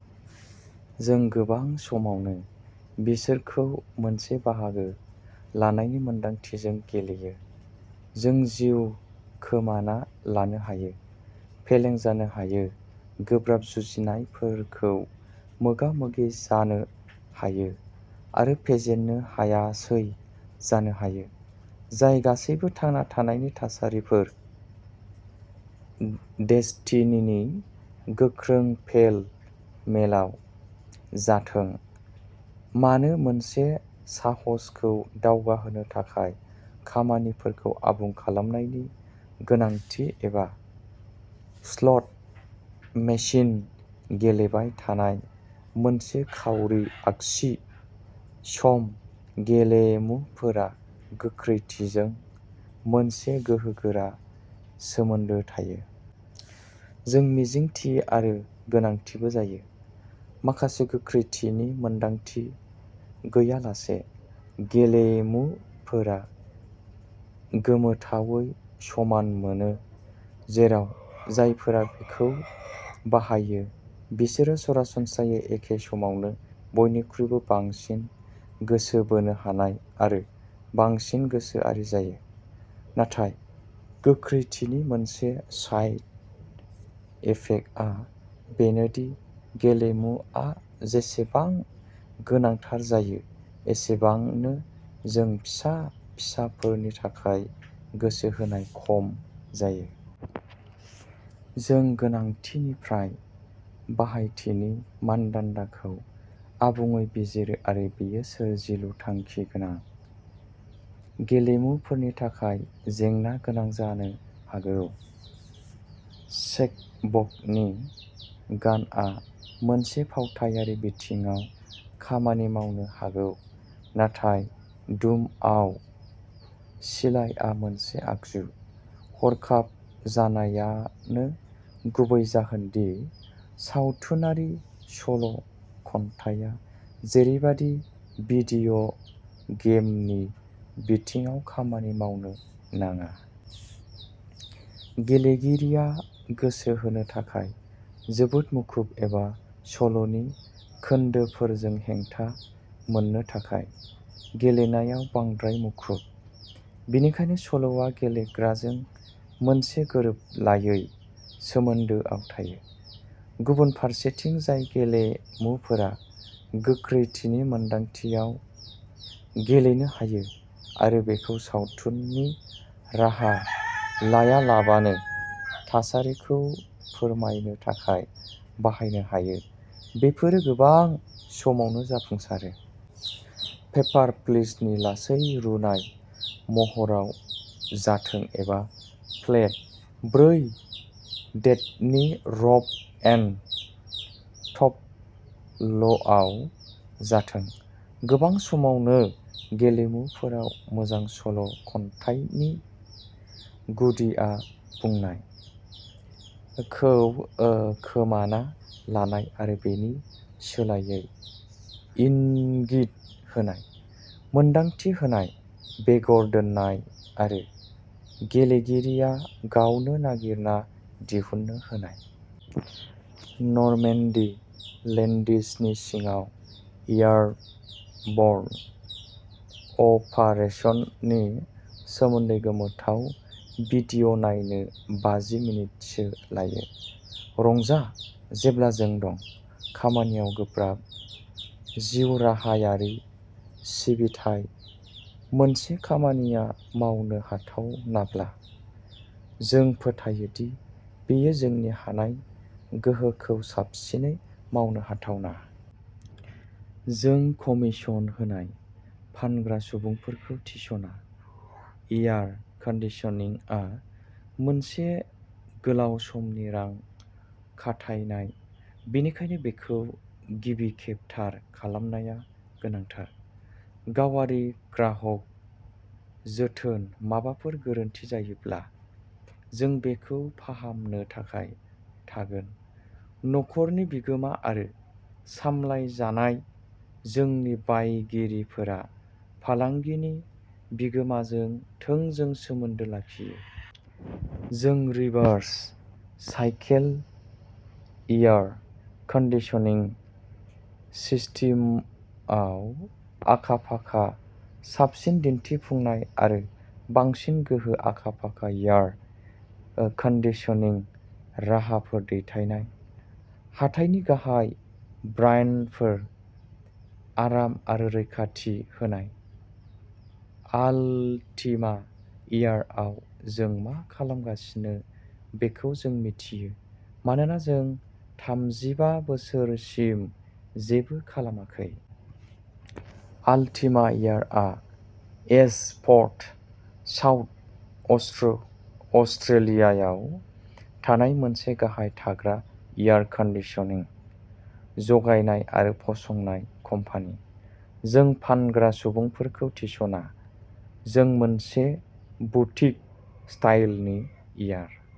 जों गोबां समावनो बिसोरखौ मोनसे बाहागो लानायनि मोन्दांथिजों गेलेयो। जों जिउ खोमाना लानो हायो, फेलें जानो हायो, गोब्राब जुजिनायफोरखौ मोगा-मोगि जानो हायो आरो फेजेननो हायासै जानो हायो, जाय गासैबो थांना थानायनि थासारिफोर। डेस्टिनिनि गोख्रों पेल मेलाव जाथों मानो मोनसे साहसखौ दावगाहोनो थाखाय खामानिफोरखौ आबुं खालामनायनि गोनांथि एबा स्लट मेसिन गेलेबाय थानाय मोनसे खाउरि आगसि सम, गेलेमुफोरा गोख्रैथिजों मोनसे गोहोगोरा सोमोन्दो थायो। जों मिजिंथियो आरो गोनांथिबो जायो। माखासे गोख्रैथिनि मोनदांथि गैयालासे गेलेमुफोरा गोमोथावै समान मोनो, जेराव जायफोरा बेखौ बाहायो बिसोरो सरासनस्रायै एखे समावनो बयनिख्रुइबो बांसिन गोसो बोनो हानाय आरो बांसिन गोसोआरि जायो। नाथाय गोख्रैथिनि मोनसे साइड इफेक्टआ बेनो दि गेलेमुआ जेसेबां गोनांथार जायो एसेबांनो जों फिसा-फिसाफोरनि थाखाय गोसो होनाय खम जायो। जों गोनांथिनिफ्राय बाहायथिनि मानदान्दाखौ आबुङै बिजिरो आरो बेयो सोरजिलु थांखि गोनां गेलेमुफोरनि थाखाय जेंनागोनां जानो हागौ। चेखभनि गानआ मोनसे फावथायारि बिथिङाव खामानि मावनो हागौ नाथाय डुमआव सिलाइआ मोनसे आगजु। हरखाब जानायानो गुबै जाहोन दि सावथुनारि सल'खन्थाया जेरैबादि भिदिय'गेमनि बिथिङाव खामानि मावनो नाङा। गेलेगिरिया गोसो होनो थाखाय जोबोद मुखुब एबा सल'नि खोन्दोफोरजों हेंथा मोननो थाखाय गेलेनायाव बांद्राय मुखुब। बेनिखायनो सल'आ गेलेग्राजों मोनसे गोरोबलायै सोमोन्दोआव थायो। गुबुन फारसेथिं जाय गेलेमुफोरा गोख्रैथिनि मोनदांथियाव गेलेनो हायो आरो बेखौ सावथुननि राहा लायालाबानो थासारिखौ फोरमायनो थाखाय बाहायनो हायो, बेफोरो गोबां समावनो जाफुंसारो। पेपार प्लिसनि लासै रुनाय महराव जाथों एबा लेफ्ट ब्रै डेडनि र'फ एन्ड टम्बलआव जाथों गोबां समावनो गेलेमुफोराव मोजां सल'खन्थानायनि गुदिआ "बुंनाय" खौ ओ खोमाना लानाय आरो बेनि सोलायै इंगित होनाय, मोनदांथि होनाय, बेगर दोननाय आरो गेलेगिरिया गावनो नागिरना दिहुननो होनाय। नर्मेन्डी लेन्डिंसनि सिङाव एयारब'र्न अपारेसननि सोमोन्दै गोमोथाव भिदिय' नायनो बाजि मिनिटसो लायो। रंजा, जेब्ला जों दं। खामानियाव गोब्राब जिउराहायारि सिबिथाइ मोनसे खामानिया मावनो हाथावनाब्ला जों फोथायो दि बेयो जोंनि हानाय गोहोखौ साबसिनै मावनो हाथावना। जों कमिसन होनाय फानग्रा सुबुंफोरखौ थिसना, एयार कन्दिसनिंआ मोनसे गोलाव समनि रां खाथायनाय, बेनिखायनो बेखौ गिबि खेब थार खालामनाया गोनांथार। गावारि ग्राहक जोथोन माबाफोर गोरोन्थि जायोब्ला जों बेखौ फाहामनो थाखाय थागोन। न'खरनि बिगोमा आरो सामलायजानाय जोंनि बायगिरिफोरा फालांगिनि बिगोमाजों थोंजों सोमोन्दो लाखियो। जों रिभार्स साइकेल एयार कन्दिसनिं सिस्टेमआव आखा-फाखा साबसिन दिन्थिफुंनाय आरो बांसिन गोहो आखा-फाखा एयार कन्दिसनिं राहाफोर दैथायनाय। हाथाइनि गाहाय ब्रान्डफोर आराम आरो रैखाथि होनाय। आल्टिमा एयारआव जों मा खालामगासिनो बेखौ जों मिथियो। मानोना जों थामजिबा बोसोरसिम जेबो खालामाखै। आल्टिमा एयारआ एशफर्ड साउथ अस्ट्रेलियायाव थानाय मोनसे गाहाय थाग्रा एयार कन्दिसनिं जगायनाय आरो फसंनाय कम्पानि। जों फानग्रा सुबुंफोरखौ थिसना। जों मोनसे बुटिक स्टाइलनि एयार।